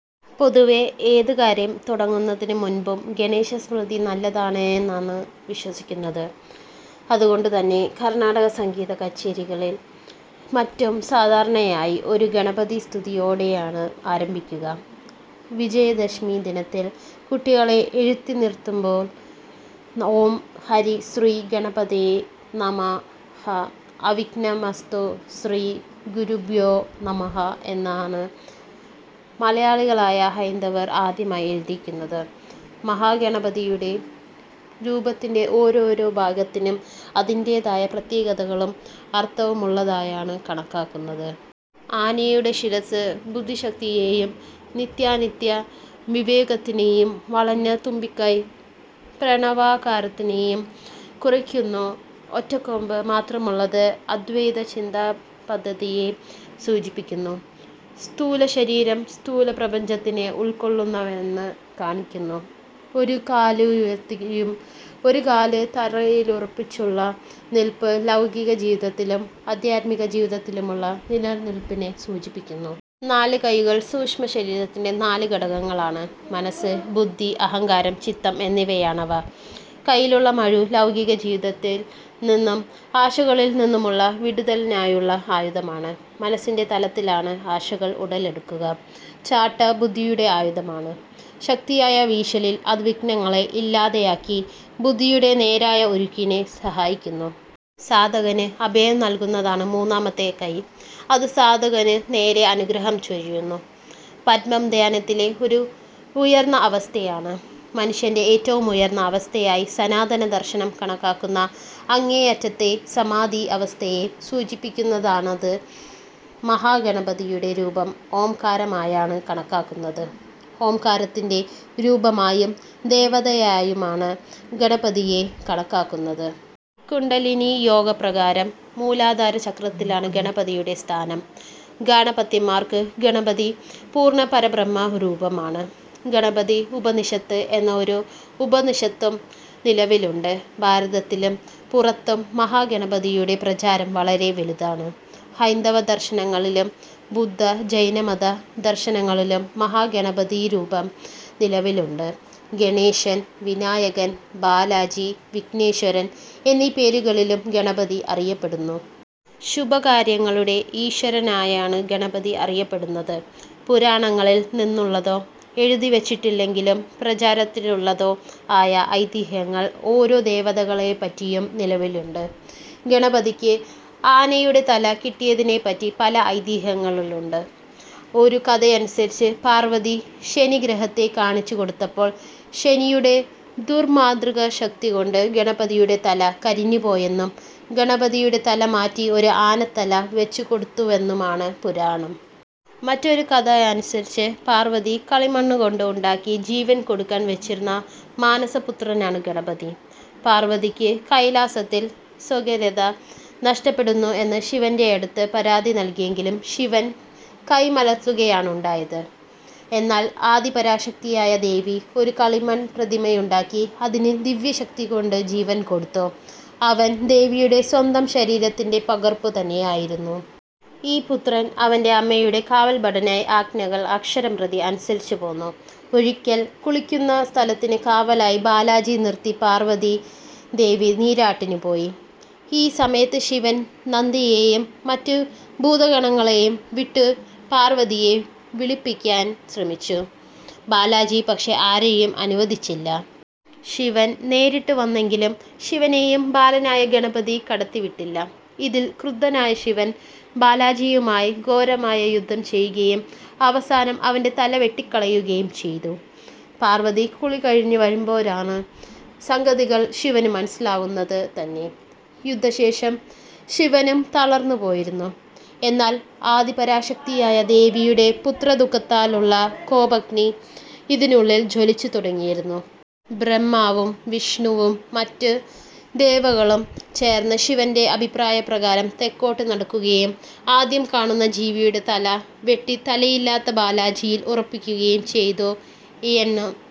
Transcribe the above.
പൊതുവേ ഏതുകാര്യം തുടങ്ങുന്നതിനു മുൻപും ഗണേശ സ്മൃതി നല്ലതാണേന്നാണ് വിശ്വസിയ്ക്കുന്നത്. അതുകൊണ്ട് തന്നെ കർണ്ണാടകസംഗീതകച്ചേരികളും മറ്റും സാധാരണയായി ഒരു ഗണപതിസ്തുതിയോടേയാണ് ആരംഭിയ്ക്കുക. വിജയദശമി ദിനത്തിൽ കുട്ടികളെ എഴുത്തിനിരുത്തുമ്പോൾ ഓം ഹരി ശ്രീ ഗണപതയേ നമഃഅവിഘ്നമസ്തു ശ്രീ ഗുരുഭ്യോ നമഃഎന്നാണ് മലയാളികളായ ഹൈന്ദവർ ആദ്യമായി എഴുതിയ്ക്കുന്നത്. മഹാഗണപതിയുടെ രൂപത്തിന്റെ ഓരോരോ ഭാഗത്തിനും അതിന്റേതായ പ്രത്യേകതകളും അർത്ഥവുമുള്ളതായാണ് കണക്കാക്കുന്നത്. ആനയുടെ ശിരസ്സ് ബുദ്ധിശക്തിയേയും നിത്യാനിത്യ വിവേകത്തിനേയും വളഞ്ഞ തുമ്പിക്കൈ പ്രണവാകാരത്തിനേയും കുറിയ്ക്കുന്നു ഒറ്റക്കൊമ്പ് മാത്രമുള്ളത് അദ്വൈത ചിന്താ പദ്ധതിയെ സൂചിപ്പിയ്ക്കുന്നു. സ്ഥൂല ശരീരം സ്ഥൂല പ്രപഞ്ചത്തിനെ ഉൾക്കൊള്ളുന്നവനെന്ന് കാണിയ്ക്കുന്നു. ഒരു കാലുയർത്തിയും ഒരു കാല് തറയ്ലുറപ്പിച്ചുമുള്ള നിൽപ്പ് ലൗകിക ജീവിതത്തിലും അദ്ധ്യാത്മിക ജീവിതത്തിലുമുള്ള നിലനിൽപ്പിനെ സൂചിപ്പിയ്ക്കുന്നു. നാലു കയ്യുകൾ സൂക്ഷ്മ ശരീരത്തിന്റെ നാല് ഘടകങ്ങളാണ് മനസ്സ്, ബുദ്ധി, അഹംകാരം, ചിത്തം എന്നിവയാണവ. കയ്യിലുള്ള മഴു ലൗകിക ജീവിതത്തിൽ നിന്നും ആശകളിൽ നിന്നുമുള്ള വിടുതലിനായുള്ള ആയുധമാണ്. മനസ്സിന്റെ തലത്തിലാണ് ആശകൾ ഉടലെടുക്കുക. ചാട്ട ബുദ്ധിയുടെ ആയുധമാണ്. ശക്തിയായ വീശലിൽ അത് വിഘ്നങ്ങളെ ഇല്ലാതെയാക്കി ബുദ്ധിയുടെ നേരായ ഒഴുക്കിനെ സഹായിയ്ക്കുന്നു. സാധകന് അഭയം നൽകുന്നതാണ് മൂന്നാമത്തെ കയ്യ്.. അത് സാധകനു നേരെ അനുഗ്രഹം ചൊരിയുന്നു. പദ്മം ധ്യാനത്തിലെ ഒരു ഉയർന്ന അവസ്ഥയാണ്. മനുഷ്യന്റെ ഏറ്റവും ഉയർന്ന അവസ്ഥയായി സനാതന ദർശനം കണക്കാക്കുന്ന, അങ്ങേയറ്റത്തെ സമാധി അവസ്ഥയെ സൂചിപ്പിയ്ക്കുന്നതാണത് മഹാ ഗണപതിയുടെ രൂപം ഓംകാരമായാണ് കണക്കാക്കുന്നത്. ഓംകാരത്തിന്റെ രൂപമായും ദേവതയായുമാണ് ഗണപതിയെ കണക്കാക്കുന്നത്. കുണ്ഡലിനീ യോഗപ്രകാരം മൂലാധാര ചക്രത്തിലാണ് ഗണപതിയുടെ സ്ഥാനം. ഗാണപത്യന്മാർക്ക് ഗണപതി പൂർണ്ണ പരബ്രഹ്മ രൂപമാണ്. ഗണപതി ഉപനിഷത്ത് എന്ന ഒരു ഉപനിഷത്തും നിലവിലുണ്ട് ഭാരതത്തിലും പുറത്തും മഹാഗണപതിയുടെ പ്രചാരം വളരെ വലുതാണ്. ഹൈന്ദവ ദർശനങ്ങളിലും ബുദ്ധ, ജൈനമത ദർശനങ്ങളിലും മഹാ ഗണപതീ രൂപം നിലവിലുണ്ട്. ഗണേശൻ, വിനായകൻ, ബാലാജി, വിഘ്നേശ്വരൻ എന്നീ പേരുകളിലും ഗണപതി അറിയപ്പെടുന്നു. ശുഭകാര്യങ്ങളുടെ ഈശ്വരനായാണു ഗണപതി അറിയപ്പെടുന്നത്. പുരാണങ്ങളിൽ നിന്നുള്ളതോ എഴുതിവച്ചിട്ടില്ലെങ്കിലും പ്രാചാരത്തിലുള്ളതോ ആയ ഐതിഹ്യങ്ങൾ ഓരോ ദേവതകളെപ്പറ്റിയും നിലവിലുണ്ട്. ഗണപതിക്കു ആനയുടെ തല കിട്ടിയതിനെപ്പറ്റി പല ഐതിഹ്യങ്ങളുണ്ട്. ഒരു കഥയനുസരിച്ച് പാർവതി ശനി ഗ്രഹത്തെ കാണിച്ചു കൊടുത്തപ്പോൾ ശനിയുടെ ദുർമാന്ത്രികശക്തികൊണ്ട് ഗണപതിയുടെ തല കരിഞ്ഞുപോയെന്നും ഗണപതിയുടെ തല മാറ്റി ഒരു ആനത്തല വയ്ച്ചുകൊടുത്തുവെന്നുമാണ് പുരാണം. മറ്റൊരുകഥയനുസരിച്ച് പാർവ്വതി കളിമണ്ണുകൊണ്ട് ഉണ്ടാക്കി ജീവൻ കൊടുക്കാൻ വെച്ചിരുന്ന മാനസപുത്രനാണ് ഗണപതി. പാർവതിയ്ക്കു കൈലാസത്തിൽ സ്വകര്യത നഷ്ടപ്പെടുന്നു എന്ന് ശിവന്റെയടുത്തു പരാതി നൽകിയെങ്കിലും ശിവൻ കൈ മലർത്തുകയാണുണ്ടായത്, എന്നാൽ ആദി പരാശക്തിയായ ദേവി ഒരു കളിമൺ പ്രതിമയുണ്ടാക്കി അതിനു ദിവ്യശക്തികൊണ്ടു ജീവൻ കൊടുത്തു. അവൻ ദേവിയുടെ സ്വന്തം ശരീരത്തിന്റെ പകർപ്പു തന്നെയായിരുന്നു. ഈ പുത്രൻ അവന്റെ അമ്മയുടെ കാവൽ ഭടനായി ആജ്ഞകൾ അക്ഷരം പ്രതി അനുസരിച്ചു പോന്നു. ഒരിയ്കൽ കുളിക്കുന്ന സ്ഥലത്തിനു കാവലായി ബാലാജി നിർത്തി പാർവതി ദേവി നീരാട്ടിനു പോയി. ഈ സമയത്തു ശിവൻ നന്ദിയെയും മറ്റു ഭൂതഗണങ്ങളെയും വിട്ടു പർവതിയെ വിളിപ്പിയ്ക്കാൻ ശ്രമിച്ചു. ബാലാജി പക്ഷെ ആരെയും അനുവദിച്ചില്ല. ശിവൻ നേരിട്ടു വന്നെങ്കിലും ശിവനെയും ബാലനായ ഗണപതി കടത്തിവിട്ടില്ല. ഇതിൽ ക്രുദ്ധനായ ശിവൻ ബാലാജിയുമായി ഘോരമായ യുദ്ധം ചെയ്യുകയും അവസാനം അവന്റെ തലവെട്ടിക്കളയുകയും ചെയ്തു. പാർവതി കുളികഴിഞ്ഞു വരുമ്പോഴാണു സംഗതികൾ ശിവനു മനസ്സിലാവുന്നതു തന്നെ. യുദ്ധ ശേഷം ശിവനും തളർന്നു പോയിരുന്നു. എന്നാൽ ആദിപരാശക്തിയായ ദേവിയുടെ പുത്രദുഃഖത്താലുള്ള കോപഗ്നി ഇതിനുള്ളിൽ ജ്വലിച്ചു തുടങ്ങിയിരുന്നു. ബ്രഹ്മാവും വിഷ്ണുവും മറ്റു ദേവകളും ചേർന്ന് ശിവന്റെ അഭിപ്രായപ്രകാരം തെക്കോട്ട് നടക്കുകയും ആദ്യം കാണുന്ന ജീവിയുടെ തല വെട്ടി തലയില്ലാത്ത ബാലാജിയിൽ ഉറപ്പിക്കുകയും ചെയ്തു എന്ൻ